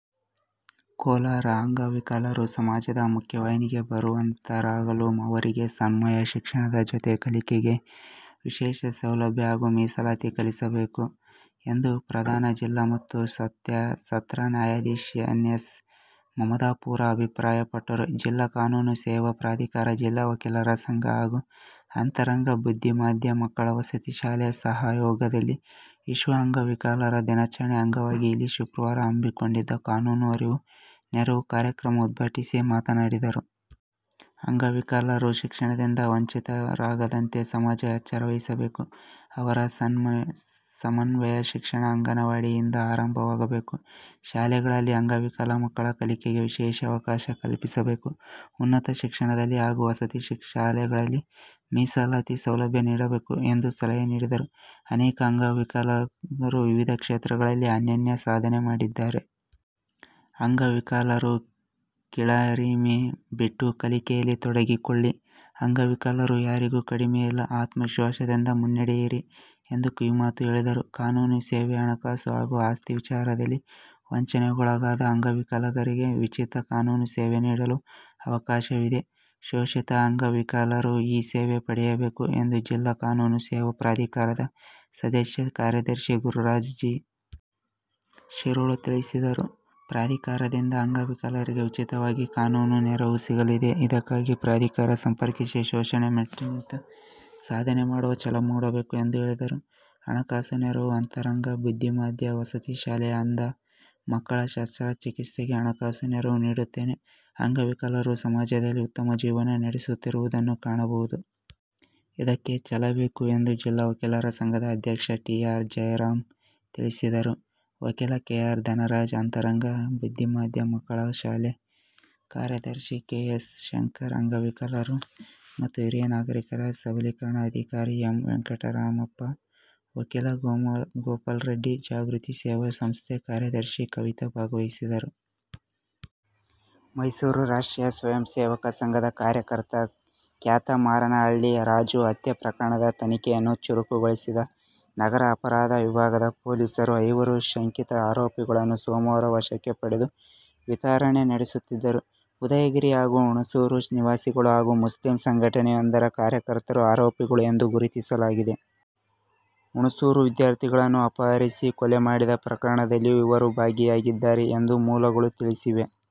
ಕೋಲಾರ: 'ಅಂಗವಿಕಲರು ಸಮಾಜದ ಮುಖ್ಯವಾಹಿನಿಗೆ ಬರುವಂತಾಗಲು ಅವರಿಗೆ ಸಮನ್ವಯ ಶಿಕ್ಷಣದ ಜತೆ ಕಲಿಕೆಗೆ ವಿಶೇಷ ಸೌಲಭ್ಯ ಹಾಗೂ ಮೀಸಲಾತಿ ಕಲ್ಪಿಸಬೇಕು' ಎಂದು ಪ್ರಧಾನ ಜಿಲ್ಲಾ ಮತ್ತು ಸತ್ರ ನ್ಯಾಯಾಧೀಶ ಎನ್. ಎಸ್. ಮಮದಾಪುರ ಅಭಿಪ್ರಾಯಪಟ್ಟರು. ಜಿಲ್ಲಾ ಕಾನೂನು ಸೇವಾ ಪ್ರಾಧಿಕಾರ, ಜಿಲ್ಲಾ ವಕೀಲರ ಸಂಘ ಹಾಗೂ ಅಂತರಗಂಗಾ ಬುದ್ಧಿಮಾಂದ್ಯ ಮಕ್ಕಳ ವಸತಿ ಶಾಲೆ ಸಹಯೋಗದಲ್ಲಿ ವಿಶ್ವ ಅಂಗವಿಕಲರ ದಿನಾಚರಣೆ ಅಂಗವಾಗಿ ಇಲ್ಲಿ ಶುಕ್ರವಾರ ಹಮ್ಮಿಕೊಂಡಿದ್ದ ಕಾನೂನು ಅರಿವು ನೆರವು ಕಾರ್ಯಕ್ರಮ ಉದ್ಘಾಟಿಸಿ ಮಾತನಾಡಿದರು. 'ಅಂಗವಿಕಲರು ಶಿಕ್ಷಣದಿಂದ ವಂಚಿತರಾಗದಂತೆ ಸಮಾಜ ಎಚ್ಚರ ವಹಿಸಬೇಕು. ಅವರ ಸಮನ್ವಯ ಶಿಕ್ಷಣ ಅಂಗನವಾಡಿಯಿಂದ ಆರಂಭವಾಗಬೇಕು. ಶಾಲೆಗಳಲ್ಲಿ ಅಂಗವಿಕಲ ಮಕ್ಕಳ ಕಲಿಕೆಗೆ ವಿಶೇಷ ಅವಕಾಶ ಕಲ್ಪಿಸಬೇಕು. ಉನ್ನತ ಶಿಕ್ಷಣದಲ್ಲಿ ಹಾಗೂ ವಸತಿ ಶಾಲೆಗಳಲ್ಲಿ ಮೀಸಲಾತಿ ಸೌಲಭ್ಯ ನೀಡಬೇಕು' ಎಂದು ಸಲಹೆ ನೀಡಿದರು. 'ಅನೇಕ ಅಂಗವಿಕಲರು ವಿವಿಧ ಕ್ಷೇತ್ರಗಳಲ್ಲಿ ಅನನ್ಯ ಸಾಧನೆ ಮಾಡಿದ್ದಾರೆ. ಅಂಗವಿಕಲರು ಕೀಳರಿಮೆ ಬಿಟ್ಟು ಕಲಿಕೆಯಲ್ಲಿ ತೊಡಗಿಸಿಕೊಳ್ಳಿ. ಅಂಗವಿಕಲರು ಯಾರಿಗೂ ಕಡಿಮೆಯಿಲ್ಲ. ಆತ್ಮವಿಶ್ವಾಸದಿಂದ ಮುನ್ನಡೆಯಿರಿ' ಎಂದು ಕಿವಿಮಾತು ಹೇಳಿದರು. ಕಾನೂನು ಸೇವೆ: 'ಹಣಕಾಸು ಹಾಗೂ ಆಸ್ತಿ ವಿಚಾರದಲ್ಲಿ ವಂಚನೆಗೊಳಗಾದ ಅಂಗವಿಕಲರಿಗೆ ಉಚಿತ ಕಾನೂನು ಸೇವೆ ನೀಡಲು ಅವಕಾಶವಿದೆ. ಶೋಷಿತ ಅಂಗವಿಕಲರು ಈ ಸೇವೆ ಪಡೆಯಬೇಕು' ಎಂದು ಜಿಲ್ಲಾ ಕಾನೂನು ಸೇವಾ ಪ್ರಾಧಿಕಾರದ ಸದಸ್ಯ ಕಾರ್ಯದರ್ಶಿ ಗುರುರಾಜ್ ಜಿ. ಶಿರೋಳ್ ತಿಳಿಸಿದರು. 'ಪ್ರಾಧಿಕಾರದಿಂದ ಅಂಗವಿಕಲರಿಗೆ ಉಚಿತವಾಗಿ ಕಾನೂನು ನೆರವು ಸಿಗಲಿದೆ. ಇದಕ್ಕಾಗಿ ಪ್ರಾಧಿಕಾರ ಸಂಪರ್ಕಿಸಿ. ಶೋಷಣೆ ಮೆಟ್ಟಿನಿಂತು ಸಾಧನೆ ಮಾಡುವ ಛಲ ಮೂಡಬೇಕು' ಎಂದು ಹೇಳಿದರು. ಹಣಕಾಸು ನೆರವು: 'ಅಂತರಗಂಗಾ ಬುದ್ಧಿಮಾಂದ್ಯ ವಸತಿ ಶಾಲೆಯ ಅಂಧ ಮಕ್ಕಳ ಶಸ್ತ್ರಚಿಕಿತ್ಸೆಗೆ ಹಣಕಾಸು ನೆರವು ನೀಡುತ್ತೇನೆ. ಅಂಗವಿಕಲರು ಸಮಾಜದಲ್ಲಿ ಉತ್ತಮ ಜೀವನ ನಡೆಸುತ್ತಿರುವುದನ್ನು ಕಾಣಬಹುದು. ಇದಕ್ಕೆ ಛಲ ಬೇಕು ಎಂದು ಜಿಲ್ಲಾ ವಕೀಲರ ಸಂಘದ ಅಧ್ಯಕ್ಷ ಟಿ. ಆರ್. ಜಯರಾಮ್ ತಿಳಿಸಿದರು. ವಕೀಲ ಕೆ. ಆರ್. ಧನರಾಜ್, ಅಂತರಗಂಗಾ ಬುದ್ಧಿಮಾಂದ್ಯ ಮಕ್ಕಳ ಶಾಲೆ ಕಾರ್ಯದರ್ಶಿ ಕೆ.ಎಸ್. ಶಂಕರ್, ಅಂಗವಿಕಲರು ಮತ್ತು ಹಿರಿಯ ನಾಗರೀಕರ ಸಬಲೀಕರಣಾಧಿಕಾರಿ ಎಂ. ವೆಂಕಟರಾಮಪ್ಪ, ವಕೀಲ ಗೋಪಾಲರೆಡ್ಡಿ, ಜಾಗೃತಿ ಸೇವಾ ಸಂಸ್ಥೆ ಕಾರ್ಯದರ್ಶಿ ಕವಿತಾ ಭಾಗವಹಿಸಿದ್ದರು. ಮೈಸೂರು: ರಾಷ್ಟ್ರೀಯ ಸ್ವಯಂ ಸೇವಕ ಸಂಘದ ಕಾರ್ಯಕರ್ತ ಕ್ಯಾತಮಾರನಹಳ್ಳಿ ರಾಜು ಹತ್ಯೆ ಪ್ರಕರಣದ ತನಿಖೆಯನ್ನು ಚುರುಕುಗೊಳಿಸಿದ ನಗರ ಅಪರಾಧ ವಿಭಾಗದ ಪೊಲೀಸರು, ಐವರು ಶಂಕಿತ ಆರೋಪಿಗಳನ್ನು ಸೋಮವಾರ ವಶಕ್ಕೆ ಪಡೆದು ವಿಚಾರಣೆ ನಡೆಸುತ್ತಿದ್ದಾರೆ. ಉದಯಗಿರಿ ಹಾಗೂ ಹುಣಸೂರು ನಿವಾಸಿಗಳು ಹಾಗೂ ಮುಸ್ಲಿಂ ಸಂಘಟನೆಯೊಂದರ ಕಾರ್ಯಕರ್ತರು ಆರೋಪಿಗಳು ಎಂದು ಗುರುತಿಸಲಾಗಿದೆ. ಹುಣಸೂರು ವಿದ್ಯಾರ್ಥಿಗಳನ್ನು ಅಪಹರಿಸಿ ಕೊಲೆ ಮಾಡಿದ ಪ್ರಕರಣದಲ್ಲಿಯೂ ಇವರು ಭಾಗಿಯಾಗಿದ್ದರು ಎಂದು ಮೂಲಗಳು ತಿಳಿಸಿವೆ.